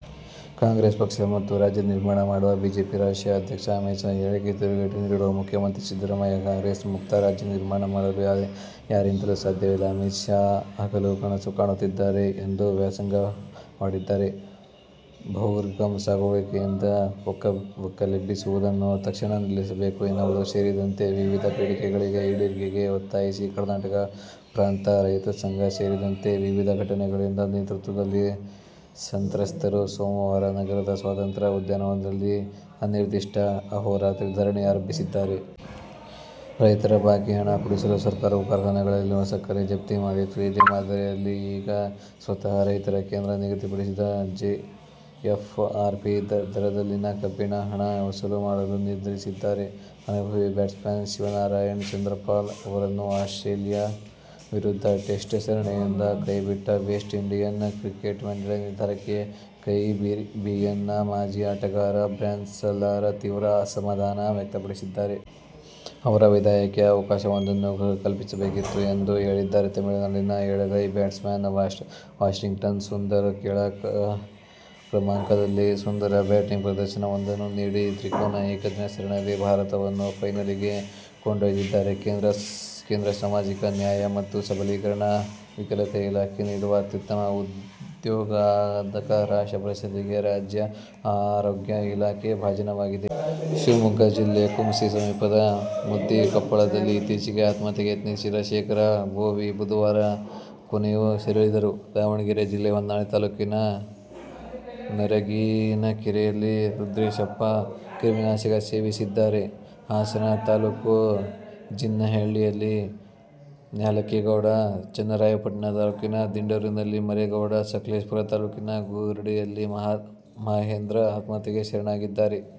ಕಾಂಗ್ರೆಸ್ ಪಕ್ಷ ಮುಕ್ತ ರಾಜ್ಯ ನಿರ್ಮಾಣ ಮಾಡುವ ಬಿಜೆಪಿ ರಾಷ್ಟ್ರೀಯ ಅದ್ಯಕ್ಷ ಅಮಿತ್ ಶಾ ಹೇಳಿಕೆ ತಿರುಗೇಟು ನೀಡಿರುವ ಮುಖ್ಯಮಂತ್ರಿ ಸಿದ್ದರಾಮಯ್ಯ, ಕಾಂಗ್ರೆಸ್ ಮುಕ್ತ ರಾಜ್ಯ ನಿರ್ಮಾಣ ಮಾಡಲು ಯಾರಿಂದಲೂ ಸಾಧ್ಯವಿಲ್ಲ. ಅಮಿತ್ ಶಾ ಹಗಲು ಗನಸು ಕಾಣುತ್ತಿದ್ದಾರೆ ಎಂದು ವ್ಯಂಗ್ಯವಾಡಿದ್ದಾರೆ. ಬಗರ್ಹುಕುಂ ಸಾಗುವಳಿದಾರರ ಒಕ್ಕಲೆಬ್ಬಿಸುವುದನ್ನು ತಕ್ಷಣ ನಿಲ್ಲಿಸಬೇಕು ಎನ್ನುವುದು ಸೇರಿದಂತೆ ವಿವಿಧ ಬೇಡಿಕೆಗಳ ಈಡೇರಿಕೆಗೆ ಒತ್ತಾಯಿಸಿ ಕರ್ನಾಟಕ ಪ್ರಾಂತ ರೈತ ಸಂಘ ಸೇರಿದಂತೆ ವಿವಿಧ ಸಂಘಟನೆಗಳ ನೇತೃತ್ವದಲ್ಲಿ ಸಂತ್ರಸ್ತರು ಸೋಮವಾರ ನಗರದ ಸ್ವಾತಂತ್ರ್ಯ ಉದ್ಯಾನದಲ್ಲಿ ಅನಿರ್ದಿಷ್ಟ ಅಹೋರಾತ್ರಿ ಧರಣಿ ಆರಂಭಿಸಿದ್ದಾರೆ. ರೈತರ ಬಾಕಿ ಹಣ ಕೊಡಿಸಲು ಸರ್ಕಾರವು ಕಾರ್ಖಾನೆಗಳಲ್ಲಿರುವ ಸಕ್ಕರೆ ಜಪ್ತಿ ಮಾಡಿತ್ತು. ಇದೇ ಮಾದರಿಯಲ್ಲಿ ಈಗ ಸ್ವತಃ ರೈತರೇ ಕೇಂದ್ರ ನಿಗದಿಪಡಿಸಿದ ಎಫ್ಆರ್ಪಿ ದರದಲ್ಲಿ ಕಬ್ಬಿನ ಹಣ ವಸೂಲು ಮಾಡಲು ನಿರ್ಧರಿಸಿದ್ದಾರೆ. ಅನುಭವಿ ಬ್ಯಾಟ್ಸ್ಮನ್ ಶಿವನಾರಾಯಣ್ ಚಂದರ್ಪಾಲ್ ಅವರನ್ನು ಆಸ್ಟ್ರೇಲಿಯ ವಿರುದ್ಧದ ಟೆಸ್ಟ್ ಸರಣಿಯಿಂದ ಕೈಬಿಟ್ಟ ವೆಸ್ಟ್ ಇಂಡೀಸ್ ಕ್ರಿಕೆಟ್ ಮಂಡಳಿ ನಿರ್ಧಾರಕ್ಕೆ ಕೆರಿಬಿಯನ್ನ ಮಾಜಿ ಆಟಗಾರ ಬ್ರ್ಯಾನ್ ಲಾರಾ ತೀವ್ರ ಅಸಮಾಧಾನ ವ್ಯಕ್ತಪಡಿಸಿದ್ದಾರೆ. ಅವರ ವಿದಾಯಕ್ಕೆ ಅವಕಾಶವೊಂದನ್ನು ಕಲ್ಪಿಸಬೇಕಿತ್ತು ಎಂದು ಹೇಳಿದ್ದಾರೆ. ತಮಿಳುನಾಡಿನ ಎಡಗೈ ಬ್ಯಾಟ್ಸ್ಮನ್ ವಾಷಿಂಗ್ಟನ್ ಸುಂದರ್ ಕೆಳ ಕ್ರಮಾಂಕದಲ್ಲಿ ಸುಂದರ ಬ್ಯಾಟಿಂಗ್ ಪ್ರದರ್ಶನವೊಂದನ್ನು ನೀಡಿ ತ್ರಿಕೋನ ಏಕದಿನ ಸರಣಿಯಲ್ಲಿ ಭಾರತವನ್ನು ಫೈನಲಿಗೆ ಕೊಂಡೊಯ್ದಿದ್ದಾರೆ. ಕೇಂದ್ರ ಸಮಾಜಿಕ ನ್ಯಾಯ ಮತ್ತು ಸಬಲೀಕರಣ ವಿಕಲತೆ ಇಲಾಖೆ ನೀಡುವ "ಅತ್ಯುತ್ತಮ ಉದ್ಯೋಗದಾತ ರಾಷ್ಟ್ರ ಪ್ರಶಸ್ತಿಗೆ' ರಾಜ್ಯ ಆರೋಗ್ಯ ಇಲಾಖೆಯು ಭಾಜನವಾಗಿದೆ. ಶಿವಮೊಗ್ಗ ಜಿಲ್ಲೆ ಕುಂಸಿ ಸಮೀಪದ ಮುದ್ದಿನಕೊಪ್ಪದಲ್ಲಿ ಇತ್ತೀಚೆಗೆ ಆತ್ಮಹತ್ಯೆಗೆ ಯತ್ನಿಸಿದ್ದ ಶೇಖರ ಬೋವಿ ಬುಧವಾರ ಕೊನೆಯುಸಿರೆಳೆದರು. ದಾವಣಗೆರೆ ಜಿಲ್ಲೆ ಹೊನ್ನಾಳಿ ತಾಲೂಕಿನ ನರಗಿನಕೆರೆಯಲ್ಲಿ ರುದ್ರೇಶಪ್ಪ ಕ್ರಿಮಿನಾಶಕ ಸೇವಿಸಿದ್ದಾರೆ. ಹಾಸನ ತಾಲೂಕು ಜಿನ್ನಹಳ್ಳಿಯಲ್ಲಿ ಯಾಲಕ್ಕಿಗೌಡ, ಚನ್ನರಾಯಪಟ್ಟನ ತಾಲೂಕಿನ ದಿಂಡಗೂರಿನಲ್ಲಿ ಮರುಗೇಗೌಡ, ಸಕಲೇಶಪುರ ತಾಲೂಕಿನ ಗುರುಡಿಯಲ್ಲಿ ಮಹೇಂದ್ರ ಆತ್ಮಹತ್ಯೆಗೆ ಶರಣಾಗಿದ್ದಾರೆ.